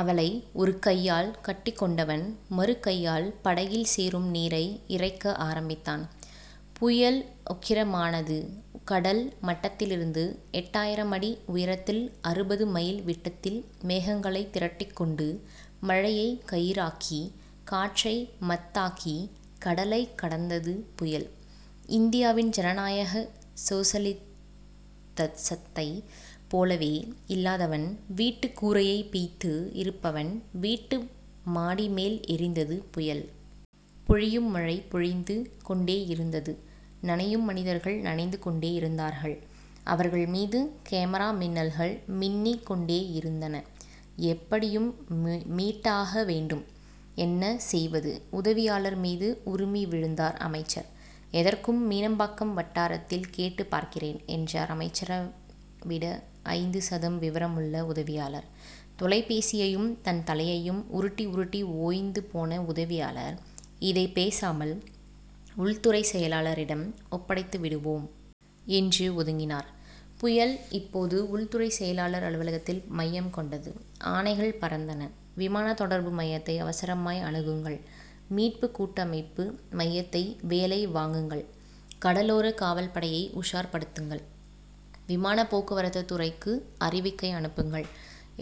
அவளை ஒருகையால் கட்டிக்கொண்டவன், மறுகையால் படகில் சேரும் நீரை இறைக்க ஆரம்பித்தான். புயல் உக்கிரமானது. கடல் மட்டத்திலிருந்து எட்டாயிரம் அடி உயரத்தில் அறுபது மைல் விட்டத்தில் மேகங்களைத் திரட்டிக்கொண்டு, மழையைக் கயிறாக்கிக் காற்றை மத்தாக்கிக் கடலைக் கடைந்தது புயல்... இந்தியாவின் ஜனநாயக சோசலிசத்சத்தைப் போலவே இல்லாதவன் வீட்டுக் கூரையைப் பிய்த்து இருப்பவன் வீட்டு மாடிமேல் எறிந்தது புயல். பொழியும் மழை பொழிந்து கொண்டேயிருந்தது. நனையும் மனிதர்கள் நனைந்து கொண்டேயிருந்தார்கள். அவர்கள்மீது கேமரா மின்னல்கள் மின்னிக் கொண்டேயிருந்தன. எப்படியும் மீட்டாகவேண்டும்... என்ன செய்வது? உதவியாளர்மீது உறுமி விழுந்தார் அமைச்சர். எதற்கும் மீனம்பாக்கம் வட்டாரத்தில் கேட்டுப் பார்க்கிறேன்... என்றார் அமைச்சரைவிட ஐந்து சதம் விவரமுள்ள உதவியாளர். தொலைபேசியையும் தன் தலையையும் உருட்டி உருட்டி ஓய்ந்துபோன உதவியாளர், இதைப் பேசாமல் உள்துறைச் செயலாளரிடம் ஒப்படைத்துவிடுவோம்... என்று ஒதுங்கினார். புயல், இப்போது உள்துறைச் செயலாளர் அலுவலகத்தில் மையம் கொண்டது. ஆணைகள் பறந்தன. விமானத் தொடர்பு மையத்தை அவசரமாய் அணுகுங்கள். மீட்புக் கூட்டமைப்பு மையத்தை வேலை வாங்குங்கள். கடலோரக் காவல்படையை உஷார்ப்படுத்துங்கள். விமானப் போக்குவரத்துத் துறைக்கு அறிவிக்கை அனுப்புங்கள்.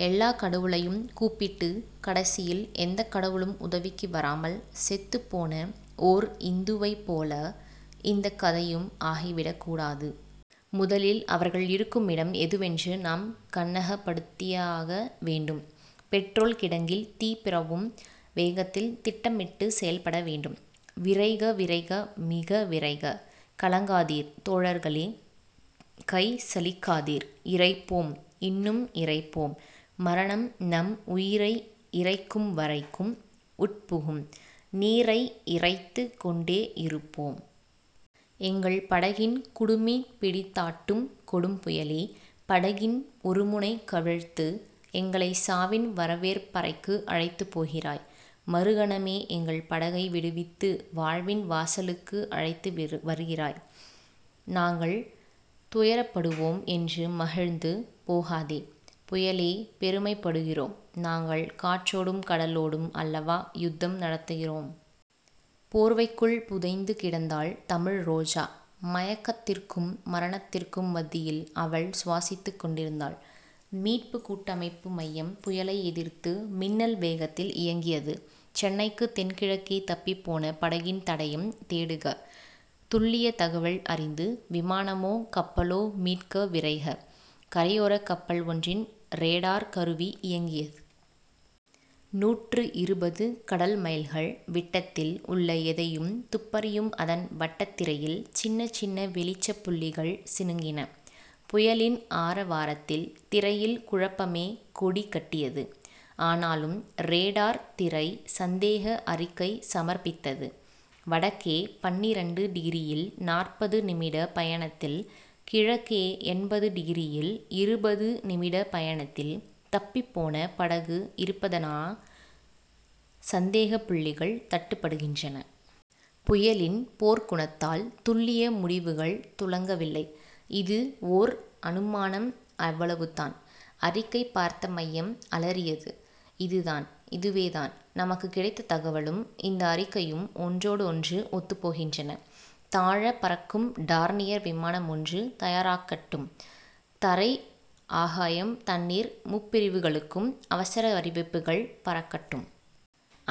எல்லாக் கடவுளையும் கூப்பிட்டுக் கடைசியில் எந்தக் கடவுளும் உதவிக்கு வராமல் செத்துப் போன ஓர் இந்துவைப் போல இந்தக் கதையும் ஆகிவிடக் கூடாது. முதலில் அவர்கள் இருக்குமிடம் எதுவென்று நாம் கண்ணகப்படுத்தியாக வேண்டும். பெட்ரோல் கிடங்கில் தீ பரவும் வேகத்தில் திட்டமிட்டுச் செயல்படவேண்டும். விரைக விரைக மிக விரைக. கலங்காதீர் தோழர்களே. கை சலிக்காதீர். இறைப்போம் இன்னும் இறைப்போம். மரணம் நம் உயிரை இறைக்கும்வரைக்கும், உட்புகும் நீரை இறைத்துக் கொண்டேயிருப்போம். எங்கள் படகின் குடுமி பிடித்தாட்டும் கொடும்புயலே. படகின் ஒருமுனை கவிழ்த்து எங்களைச் சாவின் வரவேற்பறைக்கு அழைத்துப் போகிறாய். மறுகணமே எங்கள் படகை விடுவித்து, வாழ்வின் வாசலுக்கு அழைத்து வருகிறாய். நாங்கள் துயரப்படுவோம் என்று மகிழ்ந்து போகாதே புயலே. பெருமைப்படுகிறோம். நாங்கள் காற்றோடும் கடலோடும் அல்லவா யுத்தம் நடத்துகிறோம்? போர்வைக்குள் புதைந்து கிடந்தாள் தமிழ்ரோஜா. மயக்கத்திற்கும் மரணத்திற்கும் மத்தியில் அவள் சுவாசித்துக் கொண்டிருந்தாள். மீட்புக் கூட்டமைப்பு மையம் புயலை எதிர்த்து மின்னல் வேகத்தில் இயங்கியது. சென்னைக்குத் தென்கிழக்கே தப்பிப்போன படகின் தடயம் தேடுக. துல்லியத் தகவல் அறிந்து விமானமோ கப்பலோ மீட்க விரைக. கரையோரக் கப்பல் ஒன்றின் ரேடார் கருவி இயங்கியது. நூற்று இருபது கடல்மைல்கள் விட்டத்தில் உள்ள எதையும் துப்பறியும் அதன் வட்டத்திரையில் சின்னச் சின்ன வெளிச்சப் புள்ளிகள் சிணுங்கின. புயலின் ஆரவாரத்தில் திரையில் குழப்பமே கொடி கட்டியது. ஆனாலும் ரேடார் திரை சந்தேக அறிக்கை சமர்ப்பித்தது. வடக்கே பன்னிரண்டு டிகிரியில் நாற்பது நிமிடப் பயணத்தில், கிழக்கே எண்பது டிகிரியில் இருபது நிமிடப் பயணத்தில் தப்பிப்போன படகு இருப்பதநா சந்தேகப்புள்ளிகள் தட்டுப்படுகின்றன. புயலின் போர்க்குணத்தால் துல்லிய முடிவுகள் துலங்கவில்லை. இது ஓர் அனுமானம் அவ்வளவுதான்... அறிக்கை பார்த்த மையம் அலறியது. இதுதான். இதுவேதான். நமக்குக் கிடைத்த தகவலும் இந்த அறிக்கையும் ஒன்றோடொன்று ஒத்துப் போகின்றன. தாழப் பறக்கும் டார்னியர் விமானமொன்று தயாராகட்டும். தரை ஆகாயம் தண்ணீர் முப்பிரிவுகளுக்கும் அவசர அறிவிப்புகள் பறக்கட்டும்.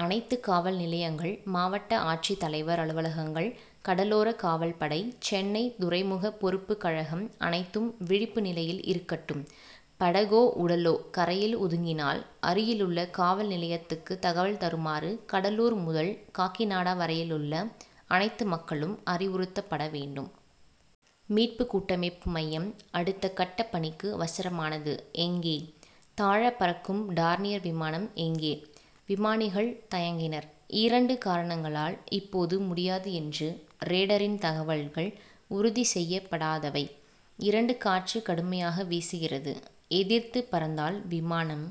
அனைத்துக் காவல் நிலையங்கள், மாவட்ட ஆட்சித் தலைவர் அலுவலகங்கள், கடலோரக் காவல்படை, சென்னை துறைமுகப் பொறுப்புக் கழகம் அனைத்தும் விழிப்பு நிலையில் இருக்கட்டும் படகோ உடலோ கரையில் ஒதுங்கினால், அருகிலுள்ள காவல் நிலையத்துக்குத் தகவல் தருமாறு கடலூர் முதல் காக்கிநாடா வரையிலுள்ள அனைத்து மக்களும் அறிவுறுத்தப்பட வேண்டும். மீட்புக் கூட்டமைப்பு மையம் அடுத்த கட்டப் பணிக்கு அவசரமானது. எங்கே? தாழப் பறக்கும் டார்னியர் விமானம் எங்கே? விமானிகள் தயங்கினர். இரண்டு காரணங்களால் இப்போது முடியாது ஒன்று ரேடரின் தகவல்கள் உறுதிசெய்யப்படாதவை. இரண்டு காற்று கடுமையாக வீசுகிறது. எதிர்த்துப் பறந்தால் விமானம்